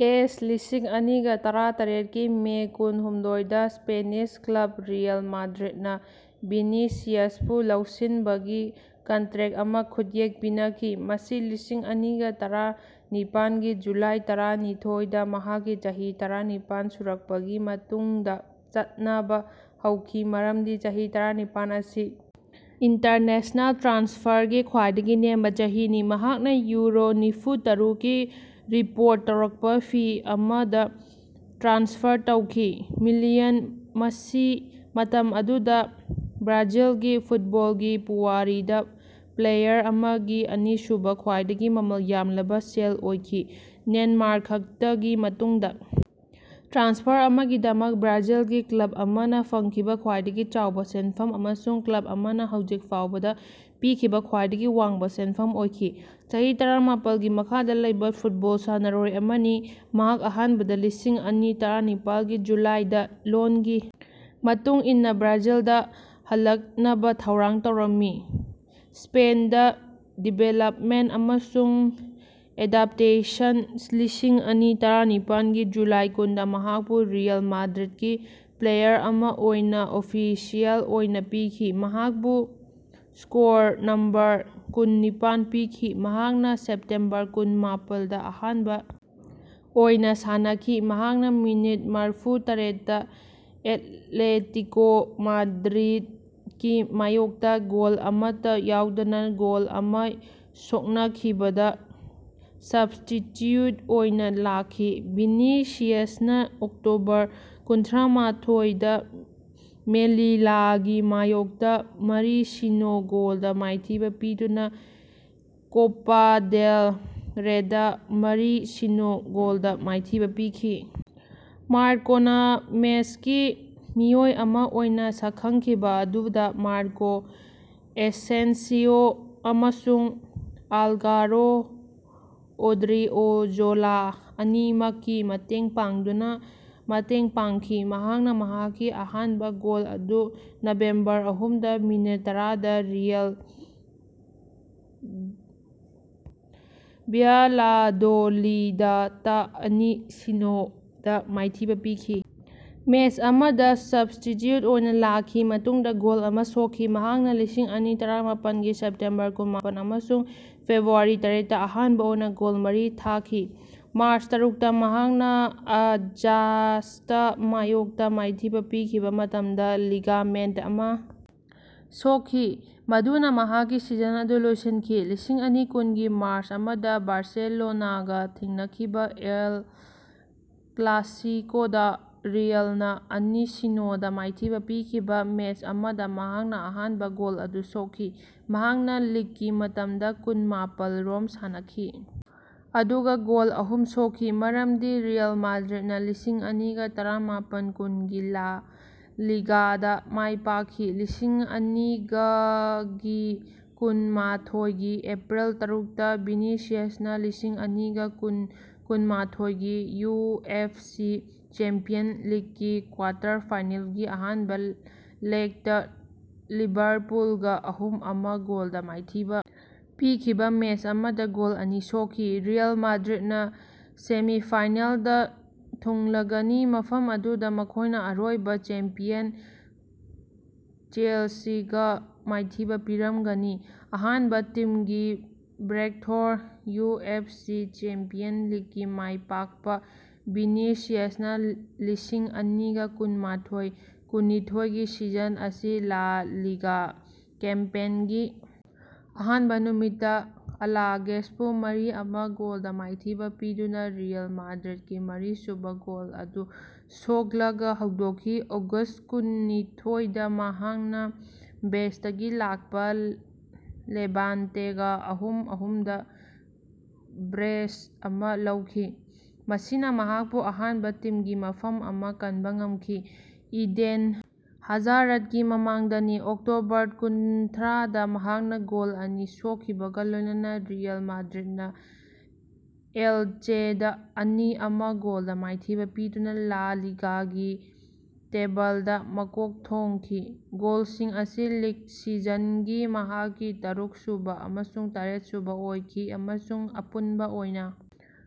ꯑꯦꯁ ꯂꯤꯁꯤꯡ ꯑꯅꯤꯒꯥ ꯇꯔꯥꯇꯔꯦꯠꯀꯤ ꯃꯦ ꯀꯨꯟꯍꯨꯝꯗꯣꯏꯗꯥ ꯁ꯭ꯄꯦꯅꯤꯁ ꯀ꯭ꯂꯕ ꯔꯤꯑꯦꯜ ꯃꯥꯗ꯭ꯔꯤꯠꯅꯥ ꯚꯤꯅꯤꯁꯤꯌꯁꯄꯨ ꯂꯧꯁꯤꯟꯕꯒꯤ ꯀꯟꯇ꯭ꯔꯦꯛ ꯑꯃ ꯈꯨꯠꯌꯦꯛ ꯄꯤꯅꯈꯤ, ꯃꯁꯤ ꯂꯤꯁꯤꯡ ꯑꯅꯤꯒꯥ ꯇꯔꯥꯅꯤꯄꯥꯜꯒꯤ ꯖꯨꯂꯥꯏ ꯇꯔꯥꯅꯤꯊꯣꯏꯗꯥ ꯃꯍꯥꯛꯀꯤ ꯆꯍꯤ ꯇꯔꯥꯅꯤꯄꯥꯜ ꯁꯨꯔꯛꯄꯒꯤ ꯃꯇꯨꯡꯗ ꯆꯠꯅꯕꯥ ꯍꯧꯈꯤ (ꯃꯔꯝꯗꯤ ꯆꯍꯤ ꯇꯔꯥꯅꯤꯄꯥꯜ ꯑꯁꯤ ꯏꯟꯇꯔꯅꯦꯁꯅꯦꯜ ꯇ꯭ꯔꯥꯟꯁꯐꯔꯒꯤ ꯈ꯭ꯋꯥꯏꯗꯒꯤ ꯅꯦꯝꯕꯥ ꯆꯍꯤꯅꯤ)꯫ ꯃꯍꯥꯛꯅ ꯌꯨꯔꯣ ꯅꯤꯐꯨꯇꯔꯨꯛꯀꯤ ꯔꯤꯄꯣꯔꯠ ꯇꯧꯔꯛꯄ ꯐꯤ ꯑꯃꯗ ꯇ꯭ꯔꯥꯟꯁꯐꯔ ꯇꯧꯈꯤ꯫ ꯃꯤꯂꯤꯌꯟ, ꯃꯁꯤ ꯃꯇꯝ ꯑꯗꯨꯗꯥ ꯕ꯭ꯔꯥꯖꯤꯜꯒꯤ ꯐꯨꯠꯕꯣꯜꯒꯤ ꯄꯨꯋꯥꯔꯤꯗꯥ ꯄ꯭ꯂꯦꯌꯥꯔ ꯑꯃꯒꯤ ꯑꯅꯤꯁꯨꯕ ꯈ꯭ꯋꯥꯏꯗꯒꯤ ꯃꯃꯜ ꯌꯥꯝꯂꯕ ꯁꯦꯜ ꯑꯣꯏꯈꯤ ( ꯅꯦꯃꯥꯔ ꯈꯛꯇꯒꯤ ꯃꯇꯨꯡꯗ), ꯇ꯭ꯔꯥꯟꯁꯐꯔ ꯑꯃꯒꯤꯗꯃꯛ ꯕ꯭ꯔꯥꯖꯤꯜꯒꯤ ꯀ꯭ꯂꯕ ꯑꯃꯅ ꯐꯪꯈꯤꯕ ꯈ꯭ꯋꯥꯏꯗꯒꯤ ꯆꯥꯎꯕ ꯁꯦꯟꯐꯝ, ꯑꯃꯁꯨꯡ ꯀ꯭ꯂꯕ ꯑꯃꯅ ꯍꯧꯖꯤꯛ ꯐꯥꯎꯕꯗ ꯄꯤꯈꯤꯕ ꯈ꯭ꯋꯥꯏꯗꯒꯤ ꯋꯥꯡꯕ ꯁꯦꯟꯐꯝ ꯑꯣꯏꯈꯤ꯫ ꯆꯍꯤ ꯇꯔꯥꯃꯥꯄꯜꯒꯤ ꯃꯈꯥꯗ ꯂꯩꯕ ꯐꯨꯠꯕꯣꯜ ꯁꯥꯟꯅꯔꯣꯏ ꯑꯃꯅꯤ꯫ ꯃꯍꯥꯛ ꯑꯍꯥꯟꯕꯗ ꯂꯤꯁꯤꯡ ꯑꯅꯤ ꯇꯔꯥꯅꯤꯄꯥꯜꯒꯤ ꯖꯨꯂꯥꯏꯗꯥ ꯂꯣꯟꯒꯤ ꯃꯇꯨꯡ ꯏꯟꯅ ꯕ꯭ꯔꯥꯖꯤꯜꯗꯥ ꯍꯜꯂꯛꯅꯕꯥ ꯊꯧꯔꯥꯡ ꯇꯧꯔꯝꯃꯤ꯫ ꯁ꯭ꯄꯦꯟꯗꯥ ꯗꯤꯕꯦꯂꯞꯃꯦꯟ ꯑꯃꯁꯨꯡ ꯑꯦꯗꯞꯇꯦꯁꯟ ꯂꯤꯁꯤꯡ ꯑꯅꯤ ꯇꯔꯥꯅꯤꯄꯥꯜꯒꯤ ꯖꯨꯂꯥꯏ ꯀꯨꯟꯗꯥ ꯃꯍꯥꯛꯄꯨ ꯔꯤꯑꯦꯜ ꯃꯥꯗ꯭ꯔꯤꯠꯀꯤ ꯄ꯭ꯂꯦꯌꯥꯔ ꯑꯃ ꯑꯣꯏꯅ ꯑꯣꯐꯤꯁꯤꯑꯦꯜ ꯑꯣꯏꯅ ꯄꯤꯈꯤ꯫ ꯃꯍꯥꯛꯄꯨ ꯁ꯭ꯀꯣꯔ ꯅꯝꯕꯔ ꯀꯨꯟꯅꯤꯄꯥꯜ ꯄꯤꯈꯤ꯫ ꯃꯍꯥꯛꯅ ꯁꯦꯞꯇꯦꯝꯕꯔ ꯀꯨꯟꯃꯥꯄꯜꯗ ꯑꯍꯥꯟꯕ ꯑꯣꯏꯅ ꯁꯥꯟꯅꯈꯤ, ꯃꯍꯥꯛꯅ ꯃꯤꯅꯤꯠ ꯃꯔꯐꯨꯇꯔꯦꯠꯇ ꯑꯦꯠꯂꯦꯇꯤꯀꯣ ꯃꯥꯗ꯭ꯔꯤꯗꯀꯤ ꯃꯥꯌꯣꯛꯇ ꯒꯣꯜ ꯑꯃꯠꯇ ꯌꯥꯎꯗꯅꯥ ꯒꯣꯜ ꯑꯃ ꯁꯣꯛꯅꯈꯤꯕꯗꯥ ꯁꯕꯁ꯭ꯇꯤꯆ꯭ꯌꯨꯠ ꯑꯣꯏꯅ ꯂꯥꯛꯈꯤ꯫ ꯚꯤꯅꯤꯁꯤꯌꯁꯅꯥ ꯑꯣꯛꯇꯣꯕꯔ ꯀꯨꯟꯊ꯭ꯔꯥꯃꯥꯊꯣꯏꯗ ꯃꯦꯂꯤꯂꯥꯒꯤ ꯃꯥꯌꯣꯛꯇ ꯃꯔꯤ-ꯁꯤꯅꯣ ꯒꯣꯜꯗ ꯃꯥꯏꯊꯤꯕ ꯄꯤꯗꯨꯅꯥ ꯀꯣꯄꯥ ꯗꯦꯜ ꯔꯦꯗꯥ ꯃꯔꯤ-ꯁꯤꯅꯣ ꯒꯣꯜꯗꯥ ꯃꯥꯏꯊꯤꯕꯥ ꯄꯤꯈꯤ, ꯃꯥꯔꯀꯣꯅꯥ ꯃꯦꯁꯀꯤ ꯃꯤꯑꯣꯏ ꯑꯃ ꯑꯣꯏꯅ ꯁꯛꯈꯪꯈꯤꯕꯥ ꯑꯗꯨꯗ ꯃꯥꯔꯀꯣ ꯑꯦꯁꯦꯟꯁꯤꯑꯣ ꯑꯃꯁꯨꯡ ꯑꯥꯜꯚꯥꯔꯣ ꯑꯣꯗ꯭ꯔꯤꯑꯣꯖꯣꯂꯥ ꯑꯅꯤꯃꯛꯀꯤ ꯃꯇꯦꯡ ꯄꯥꯡꯗꯨꯅ ꯃꯇꯦꯡ ꯄꯥꯡꯈꯤ꯫ ꯃꯍꯥꯛꯅ ꯃꯍꯥꯛꯀꯤ ꯑꯍꯥꯟꯕ ꯒꯣꯜ ꯑꯗꯨ ꯅꯕꯦꯝꯕꯔ ꯑꯍꯨꯝꯗ ꯃꯤꯅꯤꯠ ꯇꯔꯥꯗ ꯔꯤꯑꯦꯜ ꯚ꯭ꯌꯥꯂꯥꯗꯣꯂꯤꯗꯇꯥ ꯑꯅꯤ -ꯁꯤꯅꯣ ꯗꯥ ꯃꯥꯏꯊꯤꯕ ꯄꯤꯈꯤꯕ ꯃꯦꯁ ꯑꯃꯗ ꯁꯕꯁ꯭ꯇꯤꯆ꯭ꯌꯨꯠ ꯑꯣꯏꯅ ꯂꯥꯛꯈꯤꯕ ꯃꯇꯨꯡꯗ ꯒꯣꯜ ꯑꯃ ꯁꯣꯛꯈꯤ꯫ ꯃꯍꯥꯛꯅ ꯂꯤꯁꯤꯡ ꯑꯅꯤ ꯇꯔꯥꯃꯥꯄꯜꯒꯤ ꯁꯦꯞꯇꯦꯝꯕꯔ ꯀꯨꯟꯃꯥꯄꯜ ꯑꯃꯁꯨꯡ ꯐꯦꯕ꯭ꯔꯨꯋꯥꯔꯤ ꯇꯔꯦꯠꯇ ꯑꯍꯥꯟꯕ ꯑꯣꯏꯅ ꯒꯣꯜ ꯃꯔꯤ ꯊꯥꯈꯤ꯫ ꯃꯥꯔꯆ ꯇꯔꯨꯛꯇ ꯃꯍꯥꯛꯅ ꯑꯖꯥꯛꯁꯇꯥ ꯃꯥꯌꯣꯛꯇ ꯃꯥꯏꯊꯤꯕ ꯄꯤꯈꯤꯕ ꯃꯇꯝꯗ ꯂꯤꯒꯥꯃꯦꯟ ꯑꯃ ꯁꯣꯛꯈꯤ, ꯃꯗꯨꯅ ꯃꯍꯥꯛꯀꯤ ꯁꯤꯖꯟ ꯑꯗꯨ ꯂꯣꯏꯁꯤꯟꯈꯤ꯫ ꯂꯤꯁꯤꯡ ꯑꯅꯤ ꯀꯨꯟꯒꯤ ꯃꯥꯔꯆ ꯑꯃꯗ ꯕꯥꯔꯁꯦꯂꯣꯅꯥꯒꯥ ꯊꯦꯡꯅꯈꯤꯕꯥ ꯑꯦꯜ ꯀ꯭ꯂꯥꯁꯤꯀꯣꯗꯥ ꯔꯤꯑꯦꯜꯅꯥ ꯑꯅꯤ-ꯁꯤꯅꯣ ꯗ ꯃꯥꯏꯊꯤꯕ ꯄꯤꯈꯤꯕ ꯃꯦꯁ ꯑꯃꯗ ꯃꯍꯥꯛꯅ ꯑꯍꯥꯟꯕ ꯒꯣꯜ ꯑꯗꯨ ꯁꯣꯛꯈꯤ꯫ ꯃꯍꯥꯛꯅ ꯂꯤꯛꯀꯤ ꯃꯇꯝꯗ ꯀꯨꯟꯃꯥꯄꯜ ꯔꯣꯝ ꯁꯥꯟꯅꯈꯤ, ꯑꯗꯨꯒ ꯒꯣꯜ ꯑꯍꯨꯝ ꯁꯣꯛꯈꯤ, ꯃꯔꯝꯗꯤ ꯔꯤꯑꯦꯜ ꯃꯥꯗ꯭ꯔꯤꯠꯅꯥ ꯂꯤꯁꯤꯡ ꯑꯅꯤꯒꯥ ꯇꯔꯥꯃꯥꯄꯜ-ꯀꯨꯟꯒꯤ ꯂꯥ ꯂꯤꯒꯥꯗꯥ ꯃꯥꯏꯄꯥꯛꯈꯤ꯫ ꯂꯤꯁꯤꯡ ꯑꯅꯤꯒꯥꯒꯤ ꯀꯨꯟꯃꯥꯊꯣꯏꯒꯤ ꯑꯦꯄꯔꯤꯜ ꯇꯔꯨꯛꯇꯥ ꯚꯤꯅꯤꯁꯤꯌꯁꯅꯥ ꯂꯤꯁꯤꯡ ꯑꯅꯤꯒꯥ ꯀꯨꯟ-ꯀꯨꯟꯃꯥꯊꯣꯏꯒꯤ ꯌꯨꯑꯦꯐꯁꯤ ꯆꯦꯝꯄꯤꯌꯟꯁ ꯂꯤꯛꯀꯤ ꯀ꯭ꯋꯥꯇꯔ ꯐꯥꯏꯅꯦꯜꯒꯤ ꯑꯍꯥꯟꯕ ꯂꯦꯛꯇꯥ ꯂꯤꯚꯥꯔꯄꯨꯜꯒꯥ ꯑꯍꯨꯝ-ꯑꯃ ꯒꯣꯜꯗ ꯃꯥꯏꯊꯤꯕ ꯄꯤꯈꯤꯕ ꯃꯦꯁ ꯑꯃꯗ ꯒꯣꯜ ꯑꯅꯤ ꯁꯣꯛꯈꯤ꯫ ꯔꯤꯑꯦꯜ ꯃꯥꯗ꯭ꯔꯤꯠꯅꯥ ꯁꯦꯃꯤꯐꯥꯏꯅꯦꯜꯗꯥ ꯊꯨꯡꯂꯒꯅꯤ ꯃꯐꯝ ꯑꯗꯨꯗꯥ ꯃꯈꯣꯏꯅ ꯑꯔꯣꯏꯕ ꯆꯦꯝꯄꯤꯌꯟ ꯆꯦꯜꯁꯤꯒꯥ ꯃꯥꯏꯊꯤꯕ ꯄꯤꯔꯝꯒꯅꯤ꯫ꯑꯍꯥꯟꯕ ꯇꯤꯝꯒꯤ ꯕ꯭ꯔꯦꯛꯊ꯭ꯔꯣ, ꯌꯨꯑꯦꯐꯁꯤ ꯆꯦꯝꯄꯤꯌꯟꯁ ꯂꯤꯛꯀꯤ ꯃꯥꯏꯄꯥꯛꯄ ꯚꯤꯅꯤꯁꯤꯌꯁꯅꯥ ꯂꯤꯁꯤꯡ ꯑꯅꯤꯒꯥ ꯀꯨꯟꯃꯥꯊꯣꯏ-ꯀꯨꯟꯅꯤꯊꯣꯏꯒꯤ ꯁꯤꯖꯟ ꯑꯁꯤ ꯂꯥ ꯂꯤꯒꯥ ꯀꯦꯝꯄꯦꯟꯒꯤ ꯑꯍꯥꯟꯕ ꯅꯨꯃꯤꯠꯇꯥ ꯑꯂꯥꯚꯦꯁꯄꯨ ꯃꯔꯤ-ꯑꯃ ꯒꯣꯜꯗꯥ ꯃꯥꯏꯊꯤꯕ ꯄꯤꯗꯨꯅꯥ ꯔꯤꯑꯦꯜ ꯃꯥꯗ꯭ꯔꯤꯠꯀꯤ ꯃꯔꯤꯁꯨꯕ ꯒꯣꯜ ꯑꯗꯨ ꯁꯣꯛꯂꯒꯥ ꯍꯧꯗꯣꯛꯈꯤ꯫ ꯑꯣꯒꯁ ꯀꯨꯟꯅꯤꯊꯣꯏꯗꯥ ꯃꯍꯥꯛꯅ ꯕꯦꯟꯁꯇꯒꯤ ꯂꯥꯛꯄ ꯂꯦꯚꯥꯟꯇꯦꯒꯥ ꯑꯍꯨꯝ-ꯑꯍꯨꯝꯗꯥ ꯕ꯭ꯔꯦꯁ ꯑꯃ ꯂꯧꯈꯤ, ꯃꯁꯤꯅ ꯃꯍꯥꯛꯄꯨ ꯑꯍꯥꯟꯕ ꯇꯤꯝꯒꯤ ꯃꯐꯝ ꯑꯃ ꯀꯟꯕꯥ ꯉꯝꯈꯤ, ꯏꯗꯦꯟ ꯍꯥꯖꯥꯔꯠꯀꯤ ꯃꯃꯥꯡꯗꯅꯤ꯫ ꯑꯣꯛꯇꯣꯕꯔ ꯀꯨꯟꯊ꯭ꯔꯥꯗ ꯃꯍꯥꯛꯅ ꯒꯣꯜ ꯑꯅꯤ ꯁꯣꯛꯈꯤꯕꯒꯥ ꯂꯣꯏꯅꯅꯥ ꯔꯤꯑꯦꯜ ꯃꯥꯗ꯭ꯔꯤꯠꯅꯥ ꯑꯦꯜꯆꯦꯗꯥ ꯑꯅꯤ-ꯑꯃ ꯒꯣꯜꯗꯥ ꯃꯥꯏꯊꯤꯕ ꯄꯤꯗꯨꯅ ꯂꯥ ꯂꯤꯒꯥꯒꯤ ꯇꯦꯕꯜꯗꯥ ꯃꯀꯣꯛ ꯊꯣꯡꯈꯤ꯫ ꯒꯣꯜꯁꯤꯡ ꯑꯁꯤ ꯂꯤꯛ ꯁꯤꯖꯟꯒꯤ ꯃꯍꯥꯛꯀꯤ ꯇꯔꯨꯛꯁꯨꯕꯥ ꯑꯃꯁꯨꯡ ꯇꯔꯦꯠꯁꯨꯕꯥ ꯑꯣꯏꯈꯤ ꯑꯃꯁꯨꯡ ꯑꯄꯨꯟꯕ ꯑꯣꯏꯅ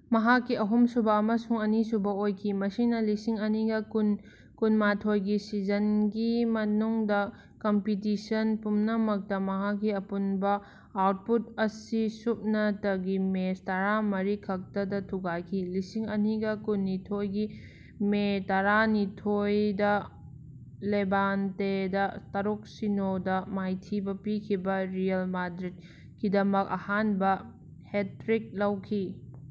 ꯃꯍꯥꯛꯀꯤ ꯑꯍꯨꯝꯁꯨꯕ ꯑꯃꯁꯨꯡ ꯑꯅꯤꯁꯨꯕ ꯑꯣꯏꯈꯤ, ꯃꯁꯤꯅ ꯂꯤꯁꯤꯡ ꯑꯅꯤꯒꯥ ꯀꯨꯟ- ꯀꯨꯟꯃꯥꯊꯣꯏꯒꯤ ꯁꯤꯖꯟꯒꯤ ꯃꯅꯨꯡꯗ ꯀꯝꯄꯤꯇꯤꯁꯟ ꯄꯨꯝꯅꯃꯛꯇ ꯃꯍꯥꯛꯀꯤ ꯑꯄꯨꯟꯕ ꯑꯥꯎꯠꯄꯨꯠ ꯑꯁꯤ ꯁꯨꯞꯅꯇꯒꯤ ꯃꯦꯁ ꯇꯔꯥꯃꯔꯤ ꯈꯛꯇꯗꯥ ꯊꯨꯒꯥꯏꯈꯤ꯫ ꯂꯤꯁꯤꯡ ꯑꯅꯤꯒꯥ ꯀꯨꯟꯅꯤꯊꯣꯏꯒꯤ ꯃꯦ ꯇꯔꯥꯅꯤꯊꯣꯏꯗ ꯂꯦꯚꯥꯟꯇꯦꯗꯥ ꯇꯔꯨꯛ-ꯁꯤꯅꯣ ꯗꯥ ꯃꯥꯏꯊꯤꯕꯥ ꯄꯤꯈꯤꯕ ꯔꯤꯑꯦꯜ ꯃꯥꯗ꯭ꯔꯤꯠꯀꯤꯗꯃꯛ ꯑꯍꯥꯟꯕ ꯍꯦꯠꯇ꯭ꯔꯤꯛ ꯂꯧꯈꯤ꯫